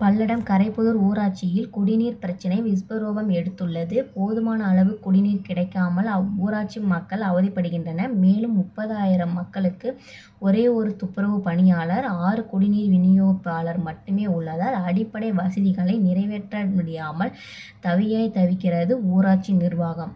பல்லடம் கரைப்புதூர் ஊராட்சியில் குடிநீர் பிரச்னை விஸ்வரூபம் எடுத்துள்ளது; போதுமான அளவு குடிநீர் கிடைக்காமல், அவ்வூராட்சி மக்கள் அவதிப்படுகின்றனர். மேலும், முப்பது ஆயிரம் மக்களுக்கு ஒரே ஒரு துப்புரவு பணியாளர், ஆறு குடிநீர் வினியோகிப்பாளர்கள் மட்டும் உள்ளதால், அடிப்படை வசதிகளை நிறைவேற்ற டியாமல் தவியாய், தவிக்கிறது, ஊராட்சி நிர்வாகம்.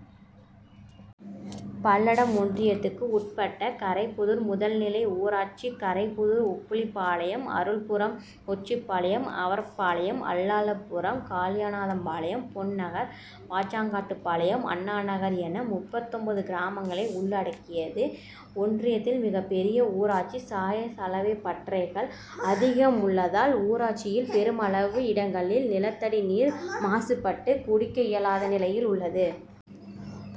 பல்லடம் ஒன்றியத்துக்கு உட்பட்ட கரைப்புதூர் முதல் நிலை ஊராட்சி கரைப் புதூர், உப்பிலிபாளையம், அருள்புரம், நொச்சிபாளையம், அவரப்பாளையம், அல்லாளபுரம், காளிநாதம்பாளையம், பொன் நகர், பாச்சாங்காட்டுப்பாளையம், அண்ணா நகர் என முப்பத்தொன்பது கிராமங்களை உள்ளடக்கியது ஒன்றியத்தில் மிகப்பெரிய ஊராட்சி. சாய, சலவை பட்டறைகள் அதிகம் உள்ளதால், ஊராட்சியில் பெருமளவு இடங்களில் நிலத்தடி நீர் மாசுபட்டு குடிக்க இயலாத நிலையில் உள்ளது.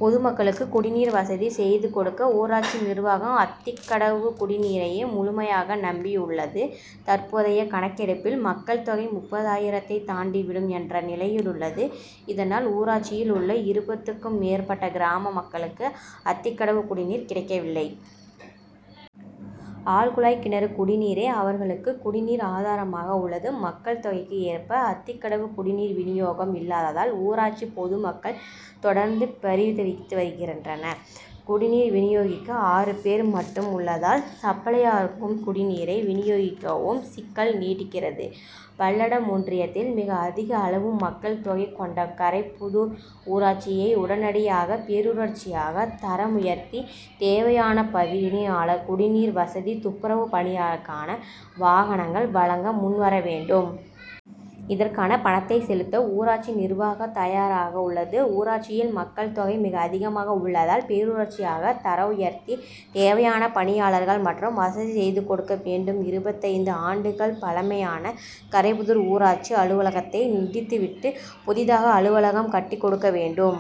பொதுமக்களுக்கு குடிநீர் வசதி செய்து கொடுக்க, ஊராட்சி நிர்வாகம் அத்திக் கடவு குடிநீரையே முழுமையாக நம்பி யுள்ளது. தற்போதைய கணக்கெடுப்பில், மக்கள் தொகை முப்பது ஆயிரத்தை தாண்டி விடும் என்ற நிலையுள்ளது. இதனால், ஊராட்சியில் உள்ள இருபதுக்கும் மேற்பட்ட கிராம மக்களுக்கு அத்திக்கடவு குடிநீர் கிடைக்கவில்லை. ஆழ்குழாய் கிணறு குடிநீரே அவர் களுக்கு குடிநீர் ஆதாரமாக உள்ளது. மக்கள் தொகைக்கு ஏற்ப அத்திக்கடவு குடிநீர் வினியோகம் இல்லாததால், ஊராட்சி பொதுமக்கள் தொடர்ந்து பரிதவித்து வரு கின்றனர். குடிநீர் வினியோகிக்க ஆறு பேர் மட்டும் உள்ளதால், சப்ளையாகும் குடிநீரை வினியோகிக்கவும் சிக்கல் நீடிக்கிறது. பல்லடம் ஒன்றியத்தில் மிக அதிக அளவு மக்கள் தொகை கொண்ட கரைப் புதூர் ஊராட்சியை, உடனடியாக பேரூராட்சியாக தரம் உயர்த்தி, தேவையான பணியாளர், குடிநீர் வசதி, துப்புரவு பணிக்கான வாகனங்கள் வழங்க முன்வர வேண்டும். இதற்கான பணத்தை செலுத்த ஊராட்சி நிர்வாகம் தயாராக உள்ளது. ஊராட்சியில் மக்கள் தொகை மிக அதிகமாக உள்ளதால், பேரூராட்சியாக தரம் உயர்த்தி தேவையான பணியாளர்கள் மற்றும் வசதி செய்து கொடுக்க வேண்டும். இருபத்தைந்து ஆண்டுகள் பழமையான கரைப்புதூர் ஊராட்சி அலுவலகத்தை இடித்துவிட்டு, புதிதாக அலுவலகம் கட்டிக்கொடுக்க வேண்டும்.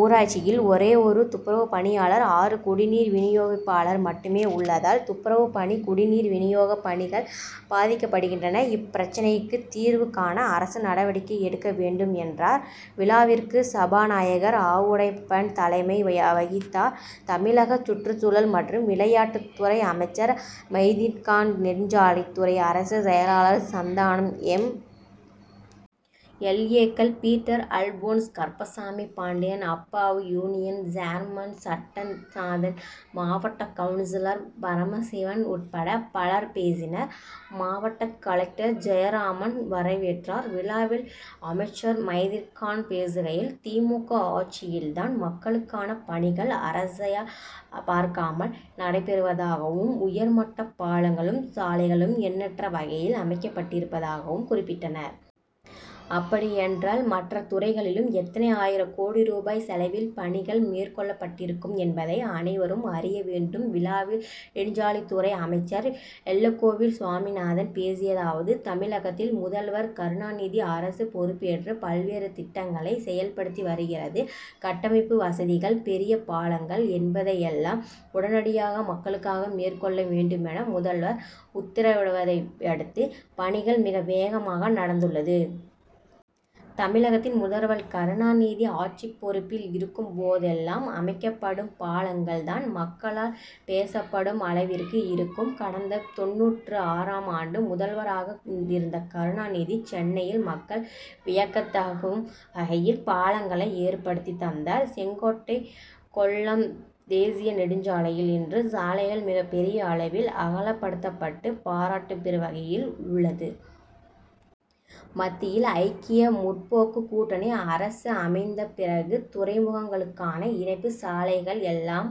ஊராட்சியில் ஒரே ஒரு துப்புரவு பணியாளர், ஆறு குடிநீர் வினியோகப்பாளர்கள் மட்டும் உள்ளதால், துப்புரவு பணி, குடிநீர் வினியோக பணி கள் பாதிக்கப்படுகின்றன. இப் பிரச்னைக்கு தீர்வு காண அரசு நடவடிக்கை எடுக்க வேண்டும், என்றார். விழாவிற்கு சபாநாயகர் ஆவுடையப்பன் தலைமை வகித்தார். தமிழக சுற்றுச்சூழல் மற்றும் விளையாட்டுத்துறை அமைச்சர் மைதீன்கான், நெடுஞ்சாலைத்துறை அரசு செயலாளர் சந்தானம், எம். எல். ஏ.,கள் பீட்டர் அல்போன்ஸ், கருப்பசாமிபாண்டியன், அப்பாவு, யூனியன் சேர்மன் சட்டநாதன், மாவட்ட கவுன்சிலர் பரமசிவன் உட்பட பலர் பேசினர். மாவட்ட கலெக்டர் ஜெயராமன் வரவேற்றார். விழாவில் அமைச்சர் மைதீன்கான் பேசுகையில்: திமுக ஆட்சியில்தான் மக்களுக்கான பணிகள் அரசியல் பார்க்காமல் நடைபெறுவதாகவும், உயர்மட்ட பாலங்களும், சாலைகளும் எண்ணற்ற வகையில் அமைக்கப்பட்டிருப்பதாகவும் குறிப்பிட்டார். அப்படி என்றால் மற்ற துறைகளிலும் எத்தனை ஆயிரம் கோடி ரூபாய் செலவில் பணிகள் மேற்கொள்ளப்பட்டிருக்கும் என்பதை அனைவரும் அறிய வேண்டும். விழாவில் நெடுஞ்சாலைத்துறை அமைச்சர் வெள்ளக்கோவில் சுவாமிநாதன் பேசியதாவது:-தமிழகத்தில் முதல்வர் கருணாநிதி அரசு பொறுப்பேற்று பல்வேறு திட்டங்களை செயல்படுத்தி வருகிறது. கட்டமைப்பு வசதிகள், பெரிய பாலங்கள் என்பதையெல்லாம் உடனடியாக மக்களுக்காக மேற்கொள்ள வேண்டுமென முதல்வர் உத்தரவிட்டதையடுத்து பணிகள் மிக வேகமாக நடந்துள்ளது. தமிழகத்தில் முதல்வர் கருணாநிதி ஆட்சி பொறுப்பில் இருக்கும்போதெல்லாம் அமைக்கப்படும் பாலங்கள் தான் மக்களால் பேசப்படும் அளவிற்கு இருக்கும். கடந்த தொண்ணூற்று ஆறாம் ஆண்டு முதல்வராக இருந்த கருணாநிதி சென்னையில் மக்கள் வியக்கதகும் வகையில் பாலங்களை ஏற்படுத்தி தந்தார். செங்கோட்டை கொல்லம் தேசிய நெடுஞ்சாலையில் இன்று சாலைகள் மிகப்பெரிய அளவில் அகலப்படுத்தப்பட்டு பாராட்டு பெரும் வகையில் உள்ளது. மத்தியில் ஐக்கிய முற்போக்கு கூட்டணி அரசு அமைந்தபிறகு துறைமுகங்களுக்கான இணைப்பு சாலைகள் எல்லாம்